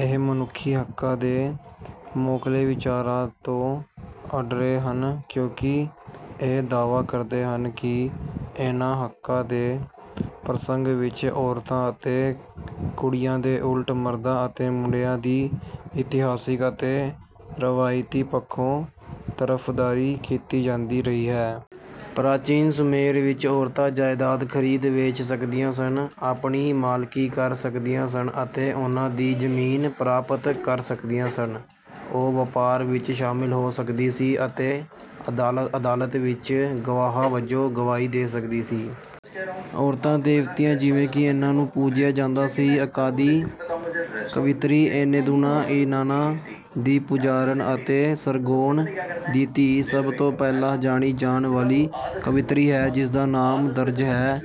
ਇਹ ਮਨੁੱਖੀ ਹੱਕਾਂ ਦੇ ਮੋਕਲੇ ਵਿਚਾਰਾਂ ਤੋਂ ਅੱਡਰੇ ਹਨ ਕਿਉਂਕਿ ਇਹ ਦਾਅਵਾ ਕਰਦੇ ਹਨ ਕਿ ਇਹਨਾਂ ਹੱਕਾਂ ਦੇ ਪ੍ਰਸੰਗ ਵਿੱਚ ਔਰਤਾਂ ਅਤੇ ਕੁੜੀਆਂ ਦੇ ਉਲਟ ਮਰਦਾਂ ਅਤੇ ਮੁੰਡਿਆਂ ਦੀ ਇਤਿਹਾਸਿਕ ਅਤੇ ਰਵਾਇਤੀ ਪੱਖੋਂ ਤਰਫਦਾਰੀ ਕੀਤੀ ਜਾਂਦੀ ਰਹੀ ਹੈ। ਪ੍ਰਾਚੀਨ ਸੁਮੇਰ ਵਿੱਚ ਔਰਤਾਂ ਜਾਇਦਾਦ ਖਰੀਦ, ਵੇਚ ਸਕਦੀਆਂ ਸਨ, ਆਪਣੀ ਮਾਲਕੀ ਕਰ ਸਕਦੀਆਂ ਸਨ ਅਤੇ ਉਨ੍ਹਾਂ ਦੀ ਜ਼ਮੀਨ ਪ੍ਰਾਪਤ ਕਰ ਸਕਦੀਆਂ ਸਨ। ਉਹ ਵਪਾਰ ਵਿੱਚ ਸ਼ਾਮਲ ਹੋ ਸਕਦੀ ਸੀ, ਅਤੇ ਅਦਾਲਤ ਵਿੱਚ ਗਵਾਹਾਂ ਵਜੋਂ ਗਵਾਹੀ ਦੇ ਸਕਦੀ ਸੀ। ਔਰਤਾਂ ਦੇਵਤਿਆਂ, ਜਿਵੇਂ ਕਿ ਇਨਨਾ, ਨੂੰ ਪੂਜਿਆ ਜਾਂਦਾ ਸੀ। ਅੱਕਾਦੀ ਕਵਿੱਤਰੀ ਐਨੇਦੁਨਾ, ਇਨਾਨਾ ਦੀ ਪੁਜਾਰਨ ਅਤੇ ਸਰਗੋਨ ਦੀ ਧੀ, ਸਭ ਤੋਂ ਪਹਿਲਾਂ ਜਾਣੀ ਜਾਣ ਵਾਲੀ ਕਵਿੱਤਰੀ ਹੈ ਜਿਸਦਾ ਨਾਮ ਦਰਜ ਹੈ।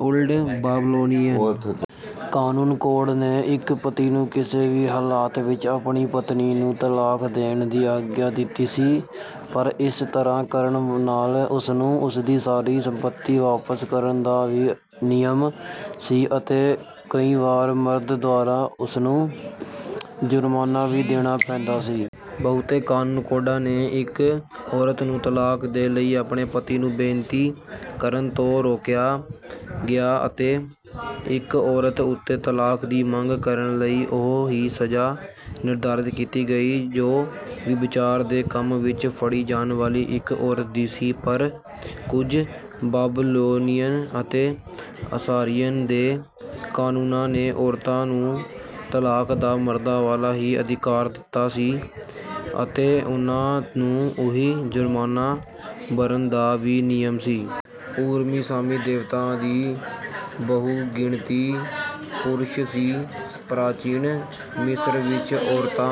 ਓਲਡ ਬਾਬਲੋਨੀਅਨ ਕਾਨੂੰਨ ਕੋਡ ਨੇ ਇੱਕ ਪਤੀ ਨੂੰ ਕਿਸੇ ਵੀ ਹਾਲਾਤ ਵਿੱਚ ਆਪਣੀ ਪਤਨੀ ਨੂੰ ਤਲਾਕ ਦੇਣ ਦੀ ਆਗਿਆ ਦਿੱਤੀ ਸੀ, ਪਰ ਇਸ ਤਰ੍ਹਾਂ ਕਰਨ ਨਾਲ ਉਸਨੂੰ ਉਸਦੀ ਸਾਰੀ ਸੰਪਤੀ ਵਾਪਸ ਕਰਨ ਦਾ ਵੀ ਨਿਯਮ ਸੀ ਅਤੇ ਕਈ ਵਾਰ ਮਰਦ ਦੁਆਰਾ ਉਸਨੂੰ ਜੁਰਮਾਨਾ ਵੀ ਦੇਣਾ ਪੈਂਦਾ ਸੀ। ਬਹੁਤੇ ਕਾਨੂੰਨ ਕੋਡਾਂ ਨੇ ਇੱਕ ਔਰਤ ਨੂੰ ਤਲਾਕ ਦੇ ਲਈ ਆਪਣੇ ਪਤੀ ਨੂੰ ਬੇਨਤੀ ਕਰਨ ਤੋਂ ਰੋਕਿਆ ਗਿਆ ਅਤੇ ਇੱਕ ਔਰਤ ਉੱਤੇ ਤਲਾਕ ਦੀ ਮੰਗ ਕਰਨ ਲਈ ਉਹ ਹੀ ਸਜ਼ਾ ਨਿਰਧਾਰਿਤ ਕੀਤੀ ਗਈ ਜੋ ਵਿਭਚਾਰ ਦੇ ਕੰਮ ਵਿੱਚ ਫੜੀ ਜਾਣ ਵਾਲੀ ਇੱਕ ਔਰਤ ਦੀ ਸੀ, ਪਰ ਕੁਝ ਬਾਬਲੋਨੀਅਨ ਅਤੇ ਅਸਾਰਿਅਨ ਦੇ ਕਾਨੂੰਨਾਂ ਨੇ ਔਰਤਾਂ ਨੂੰ ਤਲਾਕ ਦਾ ਮਰਦਾਂ ਵਾਲਾ ਹੀ ਅਧਿਕਾਰ ਦਿੱਤਾ ਸੀ, ਅਤੇ ਉਨ੍ਹਾਂ ਨੂੰ ਉਹੀ ਜੁਰਮਾਨਾ ਭਰਨ ਦਾ ਵੀ ਨਿਯਮ ਸੀ। ਪੂਰਬੀ ਸਾਮੀ ਦੇਵਤਾਂ ਦੀ ਬਹੁਗਿਣਤੀ ਪੁਰਸ਼ ਸੀ। ਪ੍ਰਾਚੀਨ ਮਿਸਰ ਵਿੱਚ, ਔਰਤਾਂ